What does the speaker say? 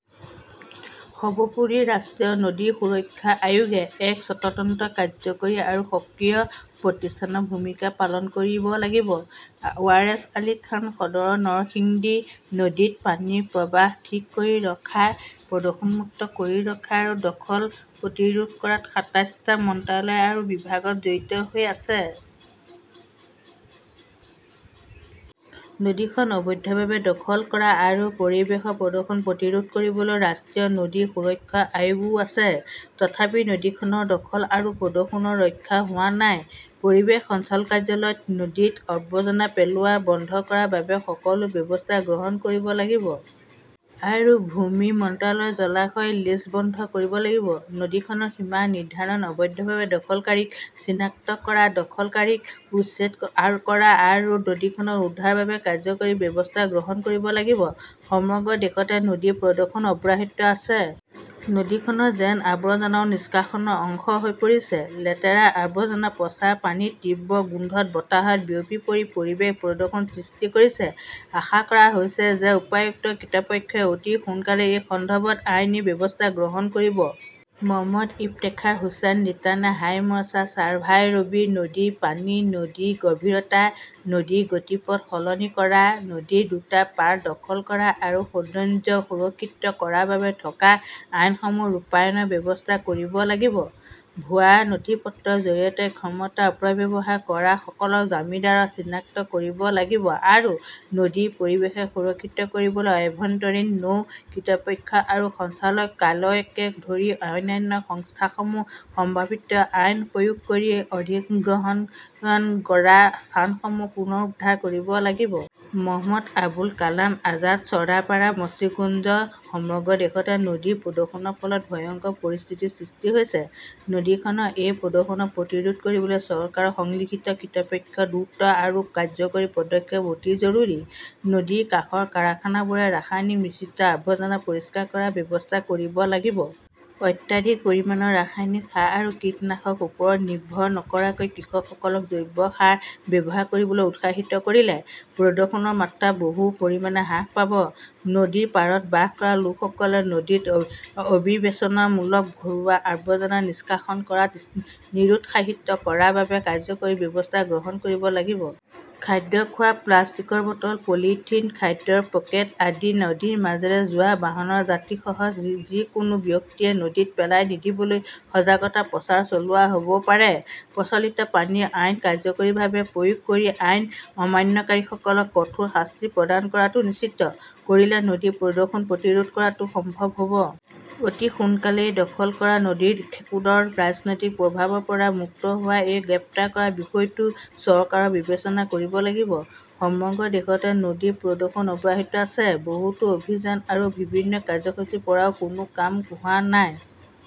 সৰ্বোপৰি, ৰাষ্ট্ৰীয় নদী সুৰক্ষা আয়োগে এক স্বতন্ত্ৰ, কাৰ্যকৰী আৰু সক্ৰিয় প্ৰতিষ্ঠানৰ ভূমিকা পালন কৰিব লাগিব। ৱাৰেছ আলী খান সদৰ, নৰসিংডী নদীত পানীৰ প্ৰৱাহ ঠিক কৰি ৰখা, প্ৰদূষণমুক্ত কৰি ৰখা আৰু দখল প্ৰতিৰোধ কৰাত সাতাইছটা মন্ত্ৰালয় আৰু বিভাগ জড়িত হৈ আছে। নদীখন অবৈধভাৱে দখল কৰা আৰু পৰিৱেশৰ প্ৰদূষণ প্ৰতিৰোধ কৰিবলৈ ৰাষ্ট্ৰীয় নদী সুৰক্ষা আয়োগও আছে। তথাপিও নদীখনৰ দখল আৰু প্ৰদূষণ ৰক্ষা হোৱা নাই। পৰিৱেশ সঞ্চালকালয়ই নদীত আৱৰ্জনা পেলোৱা বন্ধ কৰাৰ বাবে সকলো ব্যৱস্থা গ্ৰহণ কৰিব লাগিব। আৰু ভূমি মন্ত্ৰালয়ে জলাশয়ৰ লিজ বন্ধ কৰিব লাগিব। নদীখনৰ সীমা নিৰ্ধাৰণ, অবৈধ দখলকাৰীক চিনাক্ত কৰা, দখলকাৰীক উচ্ছেদ কৰা আৰু নদীখন উদ্ধাৰৰ বাবে কাৰ্যকৰী ব্যৱস্থা গ্ৰহণ কৰিব লাগিব। সমগ্ৰ দেশতে নদীৰ প্ৰদূষণ অব্যাহত আছে। নদীখন যেন আবৰ্জনা নিষ্কাশনৰ অংশ হৈ পৰিছে। লেতেৰা আৱৰ্জনাৰ পচা পানীৰ তীব্ৰ গোন্ধ বতাহত বিয়পি পৰি পৰিৱেশ প্ৰদূষণৰ সৃষ্টি কৰিছে। আশা কৰা হৈছে যে উপযুক্ত কৰ্তৃপক্ষই অতি সোনকালেই এই সন্দৰ্ভত আইনী ব্যৱস্থা গ্ৰহণ কৰিব। মহম্মদ ইফতেখাৰ হোছাইন লিটানে হাইমচাৰ, চাৰভাইৰবী নদীৰ পানী, নদীৰ গভীৰতা, নদীৰ গতিপথ সলনি কৰা, নদীৰ দুটা পাৰ দখল কৰা আৰু সৌন্দৰ্য সুৰক্ষিত কৰাৰ বাবে থকা আইনসমূহ ৰূপায়ণৰ ব্যৱস্থা কৰিব লাগিব। ভুৱা নথিপত্ৰৰ জৰিয়তে ক্ষমতাৰ অপব্যৱহাৰ কৰা সকলো জমিদাৰক চিনাক্ত কৰিব লাগিব আৰু নদীৰ পৰিৱেশ সুৰক্ষিত কৰিবলৈ আভ্যন্তৰীণ নৌ কৰ্তৃপক্ষ আৰু সঞ্চালকালয়কে ধৰি অন্যান্য সংস্থাসমূহৰ সমন্বিত আইন প্ৰয়োগ কৰি অধিগ্ৰহণ কৰা স্থানসমূহ পুনৰুদ্ধাৰ কৰিব লাগিব। মহম্মদ আবুল কালাম আজাদ চৰ্দাৰপাৰা, মুঞ্চিগঞ্জ সমগ্ৰ দেশতে নদীৰ প্ৰদূষণৰ ফলত ভয়ংকৰ পৰিস্থিতিৰ সৃষ্টি হৈছে। নদীখনৰ এই প্ৰদূষণ প্ৰতিৰোধ কৰিবলৈ চৰকাৰৰ সংশ্লিষ্ট কৰ্তৃপক্ষৰ দ্ৰুত আৰু কাৰ্যকৰী পদক্ষেপ অতি জৰুৰী। নদীৰ কাষৰ কাৰখানাবোৰে ৰাসায়নিক মিশ্ৰিত আৱৰ্জনা পৰিষ্কাৰ কৰাৰ ব্যৱস্থা কৰিব লাগিব। অত্যধিক পৰিমাণৰ ৰাসায়নিক সাৰ আৰু কীটনাশকৰ ওপৰত নিৰ্ভৰ নকৰাকৈ কৃষকসকলক জৈৱ সাৰ ব্যৱহাৰ কৰিবলৈ উৎসাহিত কৰিলে প্ৰদূষণৰ মাত্ৰা বহু পৰিমাণে হ্ৰাস পাব। নদীৰ পাৰত বাস কৰা লোকসকলে নদীত অবিবেচনামূলক ঘৰুৱা আৱৰ্জনা নিষ্কাশন কৰাত নিৰুৎসাহিত কৰাৰ বাবে কাৰ্যকৰী ব্যৱস্থা গ্ৰহণ কৰিব লাগিব। খাদ্য খোৱা, প্লাষ্টিকৰ বটল, পলিথিন, খাদ্যৰ পেকেট আদি নদীৰ মাজেৰে যোৱা বাহনৰ যাত্ৰীসহ যিকোনো ব্যক্তিয়ে নদীত পেলাই নিদিবলৈ সজাগতা প্ৰচাৰ চলোৱা হ'ব পাৰে। প্ৰচলিত পানী আইন কাৰ্যকৰীভাৱে প্ৰয়োগ কৰি আইন অমান্যকাৰীসকলক কঠোৰ শাস্তি প্ৰদান কৰাটো নিশ্চিত কৰিলে নদী প্ৰদূষণ প্ৰতিৰোধ কৰাটো সম্ভৱ হ 'ব। অতি সোনকালেই, দখল কৰা নদীখেকোডৰ ৰাজনৈতিক প্ৰভাৱৰ পৰা মুক্ত হোৱা আৰু গ্ৰেপ্তাৰ কৰাৰ বিষয়টো চৰকাৰে বিবেচনা কৰিব লাগিব। সমগ্ৰ দেশতে নদীৰ প্ৰদূষণ অব্যাহত আছে। বহুতো অভিযান আৰু বিভিন্ন কাৰ্যসূচীৰ পৰাও কোনো কাম হোৱা নাই।